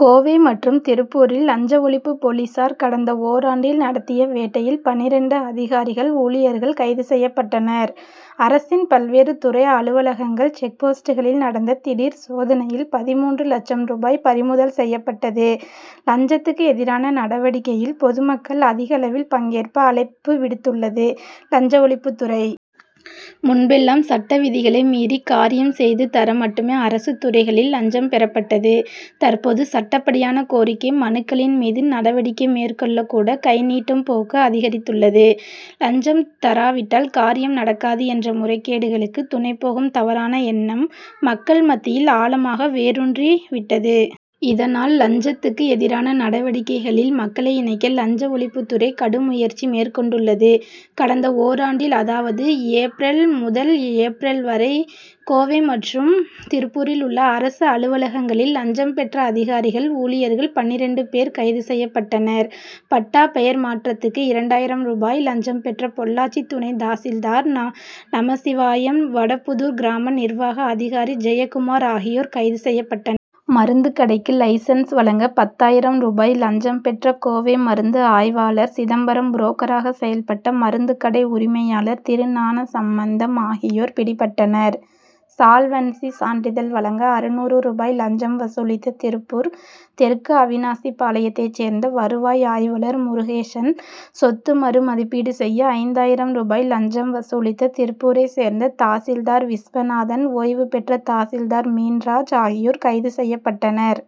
கோவை மற்றும் திருப்பூரில், லஞ்ச ஒழிப்பு போலீசார் கடந்த ஓராண்டில் நடத்திய வேட்டையில் பன்னிரண்டு அதிகாரிகள், ஊழியர்கள் கைது செய்யப்பட்டனர். அரசின் பல்வேறு துறை அலுவலகங்கள், செக்போஸ்ட்களில் நடந்த திடீர் சோதனையில் பதிமூன்று லட்சம் ரூபாய் பறிமுதல் செய்யப்பட்டது. லஞ்சத்துக்கு எதிரான நடவடிக்கையில் பொதுமக்கள் அதிகளவில் பங்கேற்க அழைப்பு விடுத்துள்ளது, லஞ்ச ஒழிப்புத்துறை. முன்பெல்லாம், சட்ட விதிகளை மீறி காரியம் செய்து தர மட்டுமே அரசு துறைகளில் லஞ்சம் பெறப்பட்டது. தற்போது, சட்டப்படியான கோரிக்கை மனுக்களின் மீது நடவடிக்கை மேற்கொள்ளக்கூட, கைநீட்டும் போக்கு அதிகரித்துள்ளது. லஞ்சம் தராவிட்டால் காரியம் நடக்காது' என்ற முறைகேடுகளுக்கு துணைபோகும் தவறான எண்ணம், மக்கள் மத்தியில் ஆழமாக வேரூன்றி விட்டது. இதனால், லஞ்சத்துக்கு எதிரான நடவடிக்கைகளில் மக்களை இணைக்க லஞ்ச ஒழிப்புத்துறை கடும் முயற்சி மேற்கொண்டுள்ளது. கடந்த ஓராண்டில், அதாவது, ஏப்ரல் முதல் ஏப்ரல் வரை, கோவை மற்றும் திருப்பூரில் உள்ள அரசு அலுவலகங்களில் லஞ்சம் பெற்ற அதிகாரிகள், ஊழியர்கள் பன்னிரண்டு பேர் கைது செய்யப்பட்டனர். பட்டா பெயர் மாற்றத்துக்கு இரண்டாயிரம் ரூபாய் லஞ்சம் பெற்ற பொள்ளாச்சி துணை தாசில்தார் நமசிவாயம், வடபுதூர் கிராம நிர்வாக அதிகாரி ஜெயகுமார் ஆகியோர் கைது செய்யப்பட்டன். மருந்துக் கடைக்கு லைசென்ஸ் வழங்க பத்தாயிரம் ரூபாய் லஞ்சம் பெற்ற கோவை மருந்து ஆய்வாளர் சிதம்பரம், புரோக்கராக செயல்பட்ட மருந்துக்கடை உரிமையாளர் திருநானசம்மந்தம் ஆகியோர் பிடிபட்டனர். சால்வன்சி சான்றிதழ் வழங்க அறுநூறு ரூபாய் லஞ்சம் வசூலித்த திருப்பூர் தெற்கு அவிநாசி பாளையத்தைச் சேர்ந்த வருவாய் ஆய்வாளர் முருகேசன், சொத்து மறு மதிப்பீடு செய்ய ஐந்தாயிரம் ரூபாய் லஞ்சம் வசூலித்த திருப்பூரைச் சேர்ந்த தாசில்தார் விஸ்வநாதன், ஓய்வு பெற்ற தாசில்தார் மீன்ராஜ் ஆகியோர் கைது செய்யப்பட்டனர்.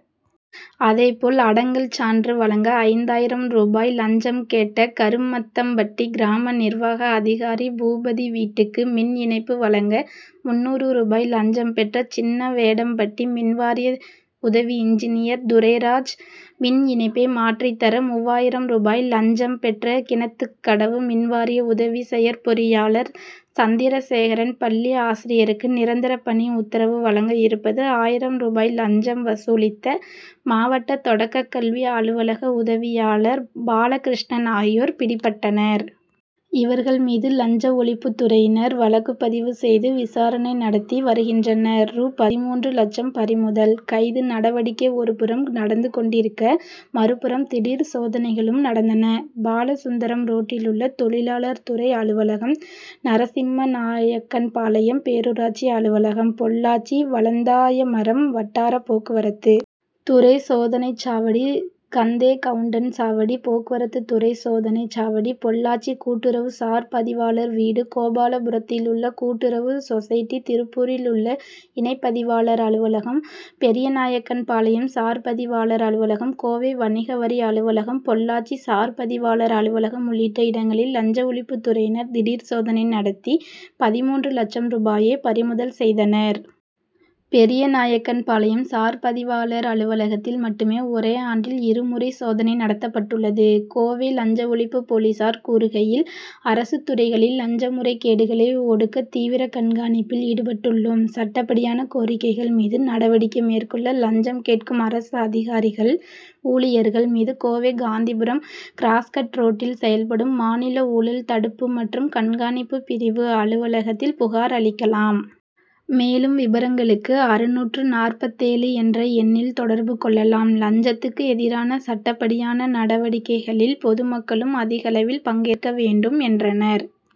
அதேபோல், அடங்கல் சான்று வழங்க ஐந்தாயிரம் ரூபாய் லஞ்சம் கேட்ட கருமத்தம்பட்டி கிராம நிர்வாக அதிகாரி பூபதி, வீட்டுக்கு மின் இணைப்பு வழங்க முன்னூறு ரூபாய் லஞ்சம் பெற்ற சின்னவேடம்பட்டி மின்வாரிய உதவி இன்ஜினியர் துரைராஜ், மின் இணைப்பை மாற்றித்தர மூவாயிரம் ரூபாய் லஞ்சம் பெற்ற கிணத்துக்கடவு மின்வாரிய உதவி செயற்பொறியாளர் சந்திரசேகரன், பள்ளி ஆசிரியருக்கு நிரந்தர பணி உத்தரவு வழங்க இருபது ஆயிரம் ரூபாய் லஞ்சம் வசூலித்த, மாவட்ட தொடக்கல்வி அலுவலக உதவியாளர் பாலகிருஷ்ணன் ஆகியோர் பிடிபட்டனர். இவர்கள் மீது லஞ்ச ஒழிப்புத்துறையினர் வழக்குப்பதிவு செய்து விசாரணை நடத்தி வருகின்றனர். ரூ.பதிமூன்று லட்சம் பறிமுதல்: கைது நடவடிக்கை ஒருபுறம் நடந்து கொண்டிருக்க, மறுபுறம் திடீர் சோதனைகளும் நடந்தன. பாலசுந்தரம் ரோட்டிலுள்ள தொழிலாளர் துறை அலுவலகம், நரசிம்மநாயக்கன்பாளையம் பேரூராட்சி அலுவலகம், பொள்ளாச்சி வளந்தாயமரம் வட்டார போக்குவரத்து துறை சோதனை சாவடி, கந்தேகவுண்டன் சாவடி போக்குவரத்து துறை சோதனை சாவடி, பொள்ளாச்சி கூட்டுறவு சார் பதிவாளர் வீடு, கோபாலபுரத்திலுள்ள கூட்டுறவு சொசைட்டி, திருப்பூரிலுள்ள இணைப்பதிவாளர் அலுவலகம், பெரியநாயக்கன்பாளையம் சார் பதிவாளர் அலுவலகம், கோவை வணிக வரி அலுவலகம், பொள்ளாச்சி சார் பதிவாளர் அலுவலகம் உள்ளிட்ட இடங்களில் லஞ்ச ஒழிப்புத்துறையினர் திடீர் சோதனை நடத்தி, பதிமூன்று லட்சம் ரூபாயை பறிமுதல் செய்தனர். பெரியநாயக்கன்பாளையம் சார் பதிவாளர் அலுவலகத்தில் மட்டுமே ஒரே ஆண்டில் இரு முறை சோதனை நடத்தப்பட்டுள்ளது. கோவை லஞ்ச ஒழிப்பு போலீசார் கூறுகையில், அரசுத்துறைகளில் லஞ்ச முறைகேடுகளை ஒடுக்க தீவிர கண்காணிப்பில் ஈடுபட்டுள்ளோம். சட்டப்படியான கோரிக்கைகள் மீது நடவடிக்கை மேற்கொள்ள லஞ்சம் கேட்கும் அரசு அதிகாரிகள், ஊழியர்கள் மீது, கோவை, காந்திபுரம், கிராஸ்கட் ரோட்டில் செயல்படும் மாநில ஊழல் தடுப்பு மற்றும் கண்காணிப்பு பிரிவு அலுவலகத்தில் புகார் அளிக்கலாம். மேலும் விபரங்களுக்கு அறுநூற்று நாற்பத்தேழு என்ற எண்ணில் தொடர்பு கொள்ளலாம். லஞ்சத்துக்கு எதிரான சட்டப்படியான நடவடிக்கைகளில் பொதுமக்களும் அதிகளவில் பங்கேற்க வேண்டும், என்றனர்.